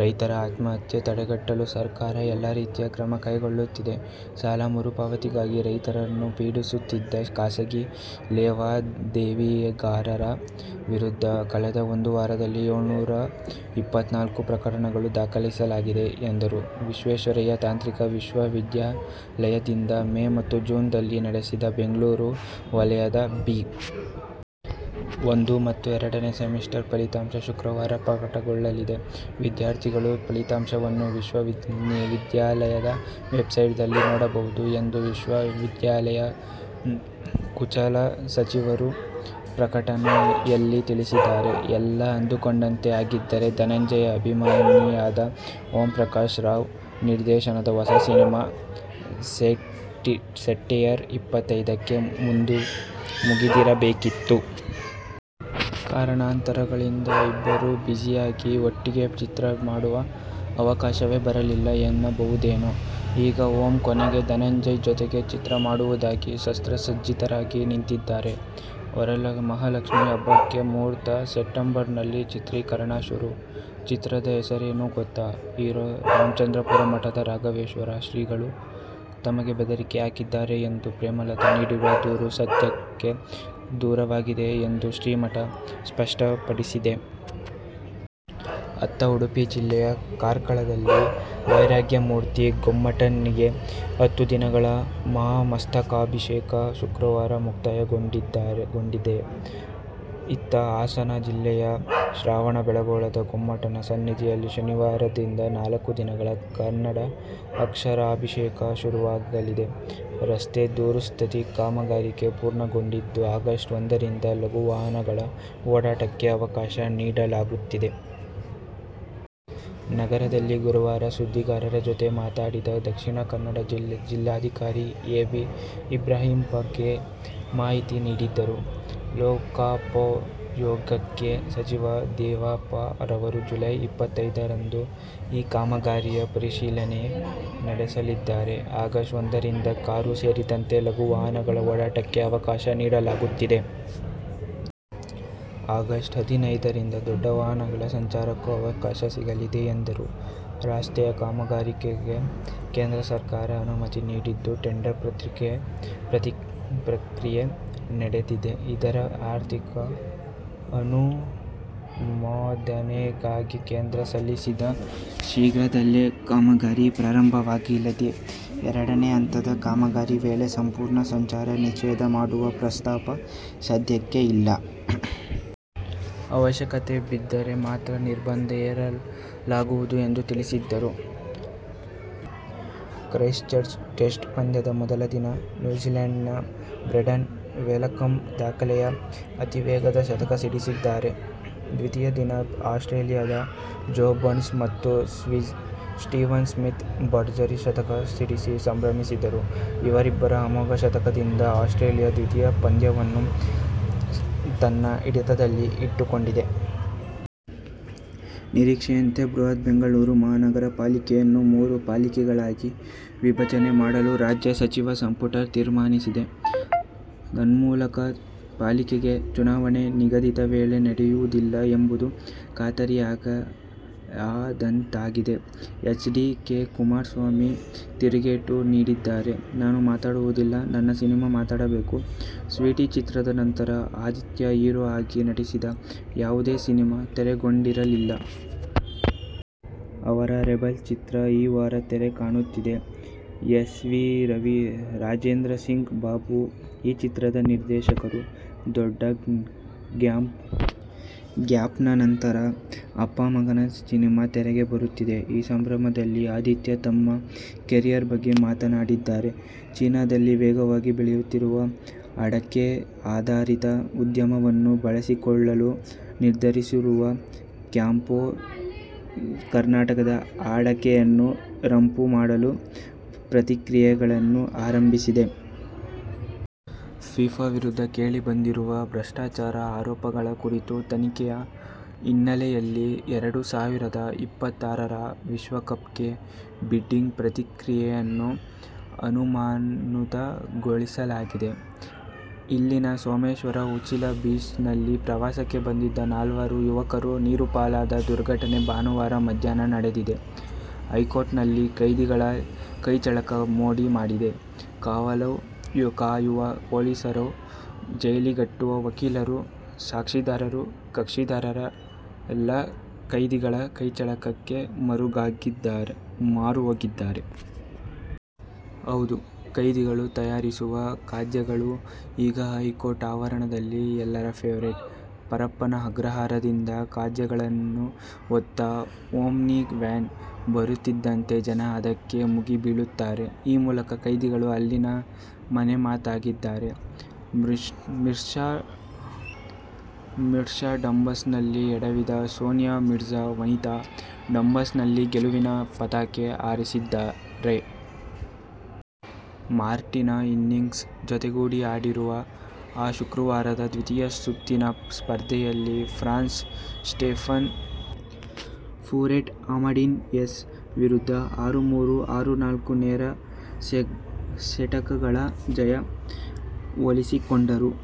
ರೈತರ ಆತ್ಮಹತ್ಯೆ ತಡೆಗಟ್ಟಲು ಸರ್ಕಾರ ಎಲ್ಲಾ ರೀತಿಯ ಕ್ರಮ ಕೈಗೊಳ್ಳುತ್ತಿದೆ. ಸಾಲ ಮರುಪಾವತಿಗಾಗಿ ರೈತರನ್ನು ಪೀಡಿಸುತ್ತಿದ್ದ ಖಾಸಗಿ ಲೇವಾದೇವಿದಾರರ ವಿರುದ್ಧ ಕಳೆದ ಒಂದು ವಾರದಲ್ಲಿ ಏಳು ನೂರ ಎಪ್ಪತ್ನಾಲ್ಕು ಪ್ರಕರಣಗಳನ್ನು ದಾಖಲಿಸಲಾಗಿದೆ ಎಂದರು. ವಿಶ್ವೇಶ್ವರಯ್ಯ ತಾಂತ್ರಿಕ ವಿಶ್ವ ವಿದ್ಯಾಲಯದಿಂದ ಮೇ ಮತ್ತು ಜೂನ್ದಲ್ಲಿ ನಡೆಸಿದ ಬೆಂಗಳೂರು ವಲಯದ ಬಿ. ಒಂದು ಮತ್ತು ಎರಡನೇ ಸೆಮಿಸ್ಟರ್ ಫಲಿತಾಂಶ ಶುಕ್ರವಾರ ಪ್ರಕಟಗೊಳ್ಳಲಿದೆ. ವಿದ್ಯಾರ್ಥಿಗಳು ಫಲಿತಾಂಶವನ್ನು ವಿಶ್ವ ವಿದ್ಯಾಲಯ ವೆಬ್ಸೈಟ್ ದಲ್ಲಿ ನೋಡಬಹುದು ಎಂದು ವಿಶ್ವ ವಿದ್ಯಾಲಯ ಕುಲಸಚಿವರು ಪ್ರಕಟಣೆಯಲ್ಲಿ ತಿಳಿಸಿದ್ದಾರೆ. ಎಲ್ಲಾ ಅಂದುಕೊಂಡಂತೆ ಆಗಿದ್ದರೆ ಧನಂಜಯ್ ಅಭಿನಯದ, ಓಂಪ್ರಕಾಶ್ ರಾವ್ ನಿರ್ದೇಶನದ ಹೊಸ ಸಿನಿಮಾ ಸೆಟ್ಟೇರಿ ಇಷ್ಟೊತ್ತಿಗೆ ಮುಗಿದಿರಬೇಕಿತ್ತು. ಕಾರಣಾಂತರಗಳಿಂದ ಇಬ್ಬರೂ ಬಿಝಿಯಾಗಿ, ಒಟ್ಟಿಗೆ ಚಿತ್ರ ಮಾಡುವ ಅವಕಾಶವೇ ಬರಲಿಲ್ಲ ಎನ್ನಬಹುದೇನೋ. ಈಗ ಓಂ ಕೊನೆಗೂ ಧನಂಜಯ್ ಜೊತೆಗೆ ಚಿತ್ರ ಮಾಡುವುದಕ್ಕೆ ಶಸ್ತ್ರಸಜ್ಜಿತರಾಗಿ ನಿಂತಿದ್ದಾರೆ. ವರಮಹಾಲಕ್ಷ್ಮೀ ಹಬ್ಬಕ್ಕೆ ಮುಹೂರ್ತ. ಸೆಪ್ಟೆಂಬರ್ನಲ್ಲಿ ಚಿತ್ರೀಕರಣ ಶುರು. ಚಿತ್ರದ ಹೆಸರೇನು ಗೊತ್ತಾ ಹೀರೋ. ರಾಮಚಂದ್ರಾಪುರ ಮಠದ ರಾಘವೇಶ್ವರ ಶ್ರೀಗಳು ತಮಗೆ ಬೆದರಿಕೆ ಹಾಕಿದ್ದಾರೆ ಎಂದು ಪ್ರೇಮಲತಾ ನೀಡಿರುವ ದೂರು ಸತ್ಯಕ್ಕೆ ದೂರವಾಗಿದೆ ಎಂದು ಶ್ರೀಮಠ ಸ್ಪಷ್ಟಪಡಿಸಿದೆ. ಅತ್ತ ಉಡುಪಿ ಜಿಲ್ಲೆಯ ಕಾರ್ಕಳದಲ್ಲಿ ವೈರಾಗ್ಯಮೂರ್ತಿ ಗೊಮ್ಮಟನಿಗೆ ಹತ್ತು ದಿನಗಳ "ಮಹಾಮಸ್ತಕಾಭಿಷೇಕ' ಶುಕ್ರವಾರ ಮುಕ್ತಾಯಗೊಂಡಿದ್ದರೆ, ಇತ್ತ ಹಾಸನ ಜಿಲ್ಲೆಯ ಶ್ರವಣ ಬೆಳಗೊಳದ ಗೊಮ್ಮಟನ ಸನ್ನಿಧಿಯಲ್ಲಿ ಶನಿವಾರದಿಂದ ನಾಲ್ಕು ದಿನಗಳ "ಕನ್ನಡ ಅಕ್ಷರಾಭಿಷೇಕ' ಶುರುವಾಗುತ್ತಿದೆ. ರಸ್ತೆ ದುರಸ್ತಿ ಕಾಮಗಾರಿ ಪೂರ್ಣಗೊಂಡಿದ್ದು, ಆಗಸ್ಟ್ ಒಂದರಿಂದ ಲಘು ವಾಹನಗಳ ಓಡಾಟಕ್ಕೆ ಅವಕಾಶ ನೀಡಲಾಗುತ್ತದೆ. ನಗರದಲ್ಲಿ ಗುರುವಾರ ಸುದ್ದಿಗಾರರ ಜತೆ ಮಾತನಾಡಿದ ದಕ್ಷಿಣ ಕನ್ನಡ ಜಿಲ್ಲಾಧಿಕಾರಿ ಎ. ಬಿ. ಇಬ್ರಾಹಿಂ ಈ ಬಗ್ಗೆ ಮಾಹಿತಿ ನೀಡಿದರು. ಲೋಕೋಪಯೋಗಿ ಸಚಿವ ಮಹಾದೇವಪ್ಪ ಅವರು ಜುಲೈ. ಇಪ್ಪತ್ತೈದರಂದು ಈ ಕಾಮಗಾರಿಯ ಪರಿಶೀಲನೆ ನಡೆಸಲಿದ್ದಾರೆ. ಆಗಸ್ಟ್ ಒಂದರಿಂದ ಕಾರು ಸೇರಿದಂತೆ ಲಘು ವಾಹನಗಳ ಓಡಾಟಕ್ಕೆ ಅವಕಾಶ ನೀಡಲಾಗುತ್ತದೆ. ಆಗಸ್ಟ್ ಹದಿನೈದರಿಂದ ದೊಡ್ಡ ವಾಹನಗಳ ಸಂಚಾರಕ್ಕೂ ಅವಕಾಶ ಸಿಗಲಿದೆ ಎಂದರು. ರಸ್ತೆಯ ಕಾಮಗಾರಿಗೆ ಕೇಂದ್ರ ಸರಕಾರ ಅನುಮತಿ ನೀಡಿದ್ದು, ಟೆಂಡರ್ ಪ್ರಕ್ರಿಯೆ ನಡೆದಿದೆ. ಇದರ ಆರ್ಥಿಕ ಅನುಮೋದನೆಗಾಗಿ ಕೇಂದ್ರಕ್ಕೆ ಸಲ್ಲಿಸಲಾಗಿದ್ದು, ಶೀಘ್ರದಲ್ಲಿ ಕಾಮಗಾರಿ ಆರಂಭವಾಗಲಿದೆ. ಎರಡನೇ ಹಂತದ ಕಾಮಗಾರಿ ವೇಳೆ ಸಂಪೂರ್ಣ ಸಂಚಾರ ನಿಷೇಧ ಮಾಡುವ ಪ್ರಸ್ತಾಪ ಸದ್ಯಕ್ಕೆ ಇಲ್ಲ. ಅವಶ್ಯಕತೆ ಬಿದ್ದರೆ ಮಾತ್ರ ನಿರ್ಬಂಧ ಹೇರಲಾಗುವುದು ಎಂದು ತಿಳಿಸಿದರು. ಕ್ರೈಸ್ಟ್ಚರ್ಚ್ ಟೆಸ್ಟ್ ಪಂದ್ಯದ ಮೊದಲ ದಿನ ನ್ಯೂಜಿಲ್ಯಾಂಡಿನ ಬ್ರೆಂಡನ್ ಮೆಕಲಮ್ ದಾಖಲೆಯ ಅತೀವೇಗದ ಶತಕ ಸಿಡಿಸಿದರೆ ದ್ವಿತೀಯ ದಿನ ಆಸ್ಟ್ರೇಲಿಯದ ಜೋ ಬರ್ನ್ಸ್ ಮತ್ತು ಸ್ಟೀವನ್ ಸ್ಮಿತ್ ಭರ್ಜರಿ ಶತಕ ಸಿಡಿಸಿ ಸಂಭ್ರಮಿಸಿದರು. ಇವರಿಬ್ಬರ ಅಮೋಘ ಶತಕದಿಂದ ಆಸ್ಟ್ರೇಲಿಯ ದ್ವಿತೀಯ ಪಂದ್ಯವನ್ನು ತನ್ನ ಹಿಡಿತದಲ್ಲಿ ಇಟ್ಟುಕೊಂಡಿದೆ. ನಿರೀಕ್ಷೆಯಂತೆ ಬೃಹತ್ ಬೆಂಗಳೂರು ಮಹಾನಗರ ಪಾಲಿಕೆ ಯನ್ನು ಮೂರು ಪಾಲಿಕೆಗಳಾಗಿ ವಿಭಜನೆ ಮಾಡಲು ರಾಜ್ಯ ಸಚಿವ ಸಂಪುಟ ತೀರ್ಮಾನಿಸಿದೆ. ತನ್ಮೂಲಕ ಪಾಲಿಕೆಗೆ ಚುನಾವಣೆ ನಿಗದಿತ ವೇಳೆಗೆ ನಡೆಯುವುದಿಲ್ಲ ಎಂಬುದು ಖಾತರಿಯಾದಂತಾಗಿದೆ. ಹೆಚ್. ಡಿ. ಕುಮಾರಸ್ವಾಮಿ ತಿರುಗೇಟು ನೀಡಿದ್ದಾರೆ. ನಾನು ಮಾತಾಡುವುದಿಲ್ಲ, ನನ್ನ ಸಿನಿಮಾ ಮಾತಾಡಬೇಕು, "ಸ್ವೀಟಿ' ಚಿತ್ರದ ನಂತರ ಆದಿತ್ಯ ಹೀರೋ ಆಗಿ ನಟಿಸಿದ ಯಾವುದೇ ಸಿನಿಮಾ ತೆರೆಕಂಡಿರಲಿಲ್ಲ. ಅವರ "ರೆಬೆಲ್' ಚಿತ್ರ ಈ ವಾರ ತೆರೆ ಕಾಣುತ್ತಿದೆ. ಎಸ್. ವಿ. ರಾಜೆಂದ್ರಸಿಂಗ್ ಬಾಬು ಈ ಚಿತ್ರದ ನಿರ್ದೇಶಕರು. ದೊಡ್ಡ ಗ್ಯಾಪ್ನ ನಂತರ ಅಪ್ಪ-ಮಗನ ಸಿನಿಮಾ ತೆರೆಗೆ ಬರುತ್ತಿದೆ. ಈ ಸಂದರ್ಭದಲ್ಲಿ ಆದಿತ್ಯ ತಮ್ಮ ಕೆರಿಯರ್ ಬಗ್ಗೆ ಮಾತನಾಡಿದ್ದಾರೆ. ಚೀನಾದಲ್ಲಿ ವೇಗವಾಗಿ ಬೆಳೆಯುತ್ತಿರುವ ಅಡಕೆ ಆಧಾರಿತ ಉದ್ಯಮವನ್ನು ಬಳಸಿಕೊಳ್ಳಲು ನಿರ್ಧರಿಸಿರುವ ಕ್ಯಾಂಪ್ಕೋ, ಕರ್ನಾಟಕದ ಅಡಕೆಯನ್ನು ರಫ್ತು ಮಾಡಲು ಪ್ರಕ್ರಿಯೆಗಳನ್ನು ಆರಂಭಿಸಿದೆ. ಫಿಫಾ ವಿರುದ್ಧ ಕೇಳಿಬಂದಿರುವ ಭ್ರಷ್ಟಾಚಾರ ಆರೋಪಗಳ ಕುರಿತ ತನಿಖೆಯ ಹಿನ್ನೆಲೆಯಲ್ಲಿ ಎರಡು ಸಾವಿರದ ಇಪ್ಪತ್ತಾರರ ವಿಶ್ವಕಪ್ಗೆ ಬಿಡ್ಡಿಂಗ್ ಪ್ರಕ್ರಿಯೆಯನ್ನು ಅಮಾನತುಗೊಳಿಸಲಾಗಿದೆ. ಇಲ್ಲಿನ ಸೋಮೆಶ್ವರ-ಉಚ್ಚಿಲ ಬೀಚ್ನಲ್ಲಿ ಪ್ರಾವಸಕ್ಕೆ ಬಂದಿದ್ದ ನಾಲ್ವರು ಯುವಕರು ನೀರುಪಾಲದ ದುರ್ಘಟನೆ ಭಾನುವಾರ ಮಧ್ಯಾಹ್ನ ನಡೆದಿದೆ. ಹೈಕೋರ್ಟ್ನಲ್ಲಿ ಕೈದಿಗಳ ಕೈಚಳಕ ಮೋಡಿ ಮಾಡಿದೆ. ಕಾವಲು ಕಾಯುವ ಪೊಲೀಸರು, ಜೈಲಿಗಟ್ಟುವ ವಕೀಲರು, ಸಾಕ್ಷಿದಾರರು, ಕಕ್ಷಿದಾರ ರೆಲ್ಲಾ ಕೈದಿಗಳ ಕೈಚಳಕಕ್ಕೆ ಮಾರುಹೋಗಿದ್ದಾರೆ. ಹೌದು, ಕೈದಿಗಳು ತಯಾರಿಸುವ ಖಾದ್ಯಗಳು ಈಗ ಹೈಕೋರ್ಟ್ ಆವರಣದಲ್ಲಿ ಎಲ್ಲರ ಫೆವರಿಟ್'. ಪರಪ್ಪನ ಅಗ್ರಹಾರದಿಂದ ಖಾದ್ಯಗಳನ್ನು ಹೊತ್ತ ಓಮ್ನಿ ವ್ಯಾನ್ ಬರುತ್ತಿದ್ದಂತೆ ಜನ ಅದಕ್ಕೆ ಮುಗಿಬೀಳುತ್ತಾರೆ. ಈ ಮೂಲಕ ಕೈದಿಗಳು ಅಲ್ಲಿ ಮನೆಮಾತಾಗಿದ್ದಾರೆ. ಮಿಶ್ರ ಡಬಲ್ಸ್ನಲ್ಲಿ ಎಡವಿದ ಸಾನಿಯಾ ಮಿರ್ಜಾ ವನಿತಾ ಡಬಲ್ಸ್ನಲ್ಲಿ ಗೆಲುವಿನ ಪತಾಕೆ ಹಾರಿಸಿದ್ದಾರೆ. ಮಾರ್ಟಿನಾ ಹಿಂಗಿಸ್ ಜತೆಗೂಡಿ ಆಡುತ್ತಿರುವ ಅವರು ಶುಕ್ರವಾರದ ದ್ವಿತೀಯ ಸುತ್ತಿನ ಸ್ಪರ್ಧೆಯಲ್ಲಿ ಫ್ರಾನ್ಸ್ನ ಸ್ಟೆಫಾನಿ ಫೊರೆಟ್ಜ್-ಅಮಂಡೀನ್ ಹೆಸ್ ವಿರುದ್ಧ ಆರು-ಮೂರು, ಆರು-ನಾಲ್ಕು ನೇರ ಸೆಟ್ಗಳ ಜಯ ಒಲಿಸಿಕೊಂಡರು.